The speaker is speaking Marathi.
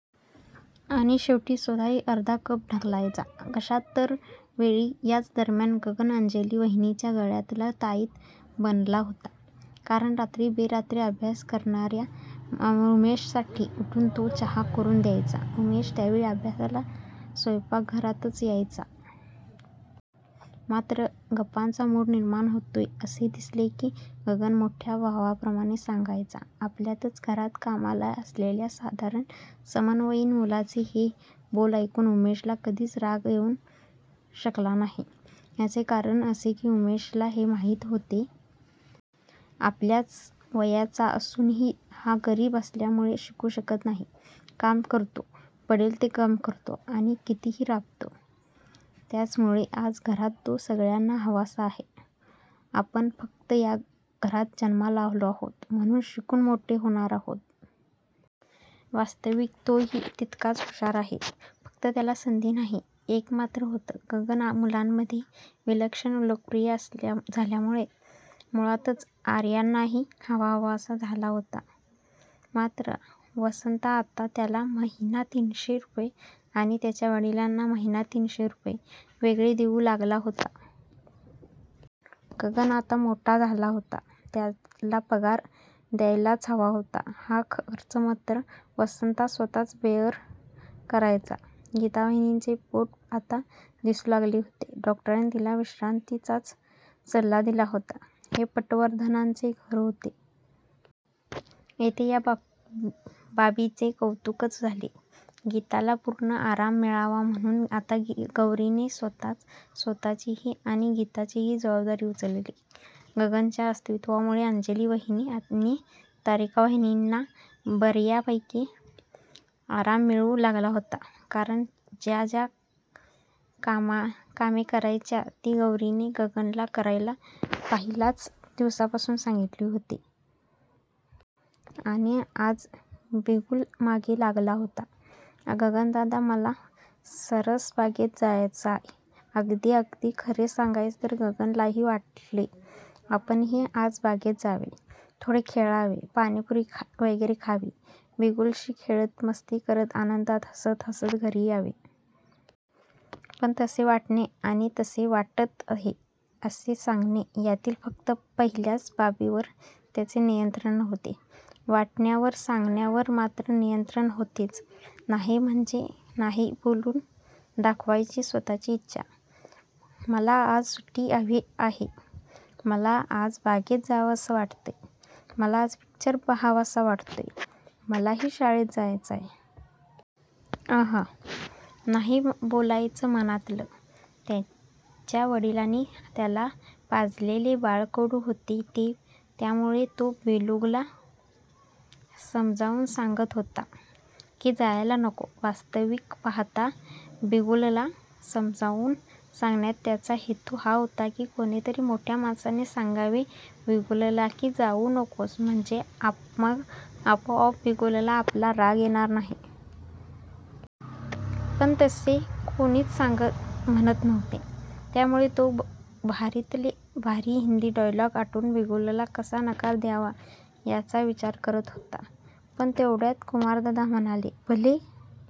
आणि शेवटी स्वतःही अर्धा कप ढकलायचा घशात दर वेळी याच दरम्यान गगन अंजली वहिनींच्या गळ्यातला ताईत बनला होता. कारण रात्री बेरात्री अभ्यास करणार्या उमेशसाठी उठून तो चहा करून द्यायचा. उमेश त्यामुळे अभ्यासाला स्वयंपाकघरातच यायचा! मात्र गप्पांचा मूड निर्माण होतोय असे दिसले की गगन मोठ्या भावाप्रमाणे सांगायचा. आपल्याच घरात कामाला असलेल्या साधारण समवयीन मुलाचे हे बोल ऐकून उमेशला कधीच राग येऊ शकायचा नाही. याचे कारण असे की उमेशला हे माहीत होते. आपल्याच वयाचा असूनही हा गरीब असल्यामुळे शिकू शकत नाही, काम करतो, पडेल ते काम करतो आणि कितीही राबतो. त्याचमुळे आज घरात तो सगळ्यांना हवासा आहे. आपण फक्त या घरात जन्माला आलो आहोत म्हणून शिकून मोठे होणार आहोत. वास्तविक तोही तितकाच हुषार आहे, फक्त त्याला संधी नाही. एक मात्र होतं! गगन मुलांमध्येही विलक्षण लोकप्रिय झाल्यामुळे मुळातच आयांनाही हवाहवासा झाला होता. मात्र वसंता आता त्याला महिना तीनशे रुपये आणि त्याच्या वडिलांना महिना तीनशे रुपये वेगळे देऊ लागला होता. गगन आता मोठा झाला होता. त्याला पगार द्यायलाच हवा होता. हा खर्च मत्र वसंता स्वतःच बेअर करायचा. गीतावहिनीचे पोट आता दिसू लागले होते. डॉक्टरांनी तिला विश्रान्तीचाच सल्ला दिलेला होता. हे पटवर्धनांचे घर होते. येथे या बाबीचे कौतुकच झाले. गीताला पूर्ण आराम मिळावा म्हणून आता गौरीने स्वतःच स्वतःचीही आणि गीताचीही जबाबदारी उचलली. गगनच्या अस्तित्वामुळे अंजली वहिनी आणि तारका वहिनींना बर्यापैकी आराम मिळू लागला होता. कारण त्या ज्या कामे करायच्या ती गौरीने गगनला करायला पहिल्याच दिवसापासून सांगितले होते. अणि आज बिगुल मागे लागला होता. गगनदादा मला सारसबागेत जायचंय. अगदी, अगदी खरे सांगायचे तर गगनलाही वाटले. आपणही आज बागेत जावे. थोडे खेळावे, पाणिपुरी वगैरे खावी, बिगुलशी खेळत, मस्ती करत आनंदात हासत हासत घरी यावे. पण तसे वाटणे आणि तसे वाटत आहे असे सांगणे यातील फक्त पहिल्याच बाबीवर त्याचे नियंत्रण नव्हते. वाटण्यावर! सांगण्यावर मात्र नियंत्रण होतेच! नाही म्हणजे नाही बोलून दाखवायची स्वतःची इच्छा! मला आज सुट्टी हवी आहे, मला आज बागेत जावसं वाटतंय, मला आज पिक्चर पाहावासा वाटतोय, मलाही शाळेत जायचंय! अंहं! नाही बोलायचं मनातलं! त्याच्या वडिलांनी त्याला पाजलेले बाळकडू होते ते त्यामुळे तो बिगुलला समजावून सांगत होता की जायला नको! वास्तविक पाहता बिगुलला समजावून सांगण्यात त्याचा हेतू हा होता की कुणीतरी मोठ्या माणसाने म्हणावे बिगुलला, की जाऊ नकोस म्हणजे मग आपोआप बिगुलला आपला राग येणार नाही. पण तसे कुणीच म्हणत नव्हते. त्यामुळे तो भारीतले भारी हिंदी डायलॉग आठवत बिगुलला कसा नकार द्यावा याचा विचार करत होता. पण तेवढ्यात कुमारदादा म्हणाले. भले